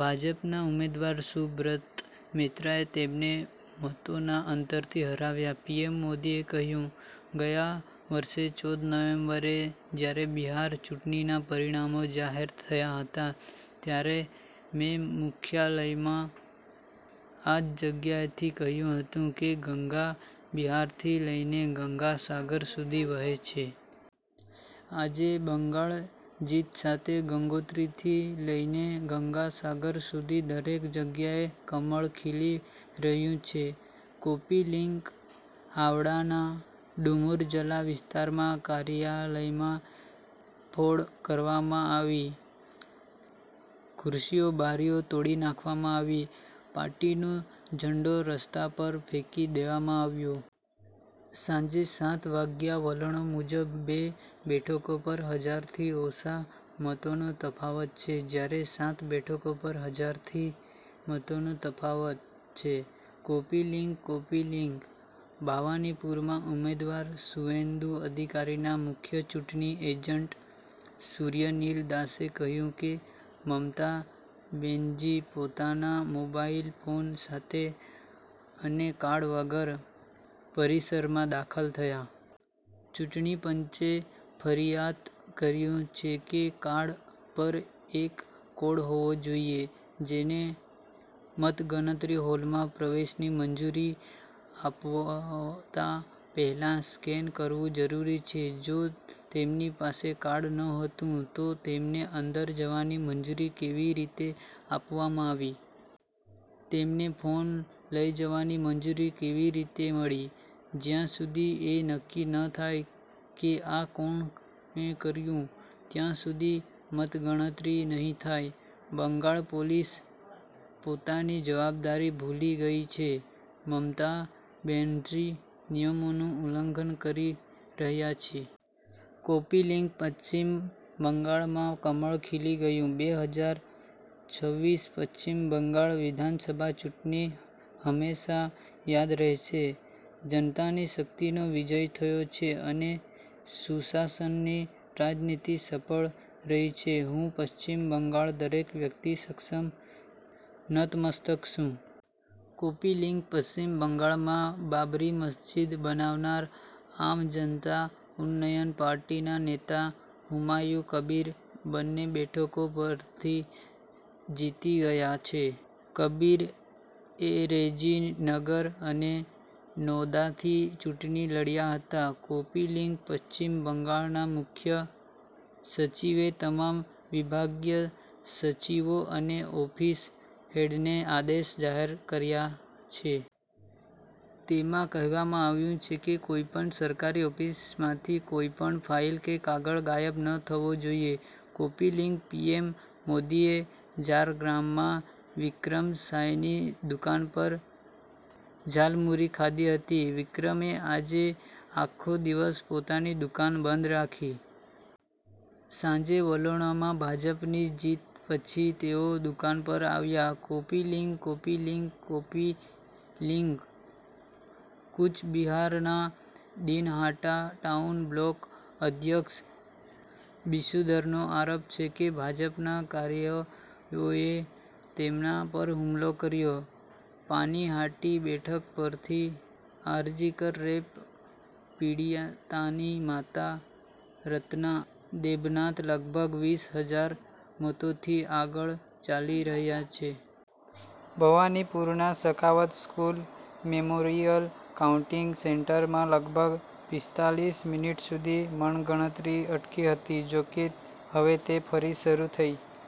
ભાજપના ઉમેદવાર શુભ્રત મૈત્રાએ તેમને મતોના અંતરથી હરાવ્યા. પીએમ મોદીએ કહ્યું- ગયા વર્ષે ચૌદ નવેમ્બરે જ્યારે બિહાર ચૂંટણીના પરિણામો જાહેર થયા હતા. ત્યારે મેં મુખ્યાલયમાં આ જ જગ્યાએથી કહ્યું હતું કે ગંગા બિહારથી લઈને ગંગાસાગર સુધી વહે છે. આજે, બંગાળ જીત સાથે ગંગોત્રીથી લઈને ગંગાસાગર સુધી દરેક જગ્યાએ કમળ ખીલી રહ્યું છે. કૉપી લિંક હાવડાના ડુમુરજલા વિસ્તારમાં કાર્યાલયમાં તોડ કરવામાં આવી. ખુરશીઓ-બારીઓ તોડી નાખવામાં આવી. પાર્ટીનો ઝંડો રસ્તા પર ફેંકી દેવામાં આવ્યો. સાંજે સાત વાગ્યા વલણો મુજબ, બે બેઠકો પર હજાર થી ઓછા મતોનો તફાવત છે. જ્યારે સાત બેઠકો પર હજાર થી મતોનો તફાવત છે. કૉપી લિંક કૉપી લિંક ભવાનીપુરમાં ઉમેદવાર સુવેન્દુ અધિકારીના મુખ્ય ચૂંટણી એજન્ટ સૂર્યનિલ દાસે કહ્યું કે, મમતા બેનજી પોતાના મોબાઈલ ફોન સાથે અને કાર્ડ વગર પરિસરમાં દાખલ થયા. ચૂંટણી પંચે ફરિયાદકર્યું છે કે કાર્ડ પર એક કોડ હોવો જોઈએ, જેને મતગણતરી હોલમાં પ્રવેશની મંજૂરી આપવતા પહેલા સ્કેન કરવું જરૂરી છે. જો તેમની પાસે કાર્ડ નહોતું, તો તેમને અંદર જવાની મંજૂરી કેવી રીતે આપવામાં આવી? તેમને ફોન લઈ જવાની મંજૂરી કેવી રીતે મળી? જ્યાં સુધી એ નક્કી ન થાય કે આ કોણે કર્યું, ત્યાં સુધી મતગણતરી નહીં થાય. બંગાળ પોલીસ પોતાની જવાબદારી ભૂલી ગઈ છે. મમતા બેનજી નિયમોનું ઉલ્લંઘન કરી રહ્યા છે. કૉપી લિંક પશ્ચિમ બંગાળમાં કમળ ખીલી ગયું! બે હજાર છવીસ પશ્ચિમ બંગાળ વિધાનસભા ચૂંટણી હંમેશા યાદ રહેશે. જનતાની શક્તિનો વિજય થયો છે અને સુશાસનની રાજનીતિ સફળ રહી છે. હું પશ્ચિમ બંગાળ દરેક વ્યક્તિ સક્ષમ નતમસ્તક છું. કૉપી લિંક પશ્ચિમ બંગાળમાં બાબરી મસ્જિદ બનાવનાર આમ જનતા ઉન્નયન પાર્ટીના નેતા હુમાયુ કબીર બંને બેઠકો પરથી જીતી ગયા છે. કબીર એ રેજીનગર અને નૌદાથી ચૂંટણી લડ્યા હતા. કૉપી લિંક પશ્ચિમ બંગાળના મુખ્ય સચિવે તમામ વિભાગીય સચિવો અને ઓફિસ હેડને આદેશ જાહેર કર્યા છે. તેમાં કહેવામાં આવ્યું છે કે કોઈપણ સરકારી ઓફિસમાંથી કોઈ પણ ફાઈલ કે કાગળ ગાયબ ન થવો જોઈએ. કૉપી લિંક પીએમ મોદીએ ઝારગ્રામમાં વિક્રમ સાયની દુકાન પર ઝાલમુરી ખાધી હતી. વિક્રમે આજે આખો દિવસ પોતાની દુકાન બંધ રાખી. સાંજે વલણોમાં ભાજપની જીત પછી તેઓ દુકાન પર આવ્યા. Copy link copy link copy link Cooch બિહારના દિનહાટા ટાઉન બ્લોક અધ્યક્ષ બિશુધરનો આરોપ છે કે ભાજપના કાર્યકરોએ તેમના પર હુમલો કર્યો. પાનીહાટી બેઠક પરથી આરજીકર રેપ પીડિયાતાની માતા રત્ના દેબનાથ લગભગ વીસ હજાર મતોથી આગળ ચાલી રહ્યા છે. ભવાનીપુરના સખાવત સ્કૂલ મેમોરિયલ કાઉન્ટિંગ સેન્ટરમાં લગભગ પિસ્તાલીસ મિનિટ સુધી મતગણતરી અટકી હતી. જોકે, હવે તે ફરી શરૂ થઈ.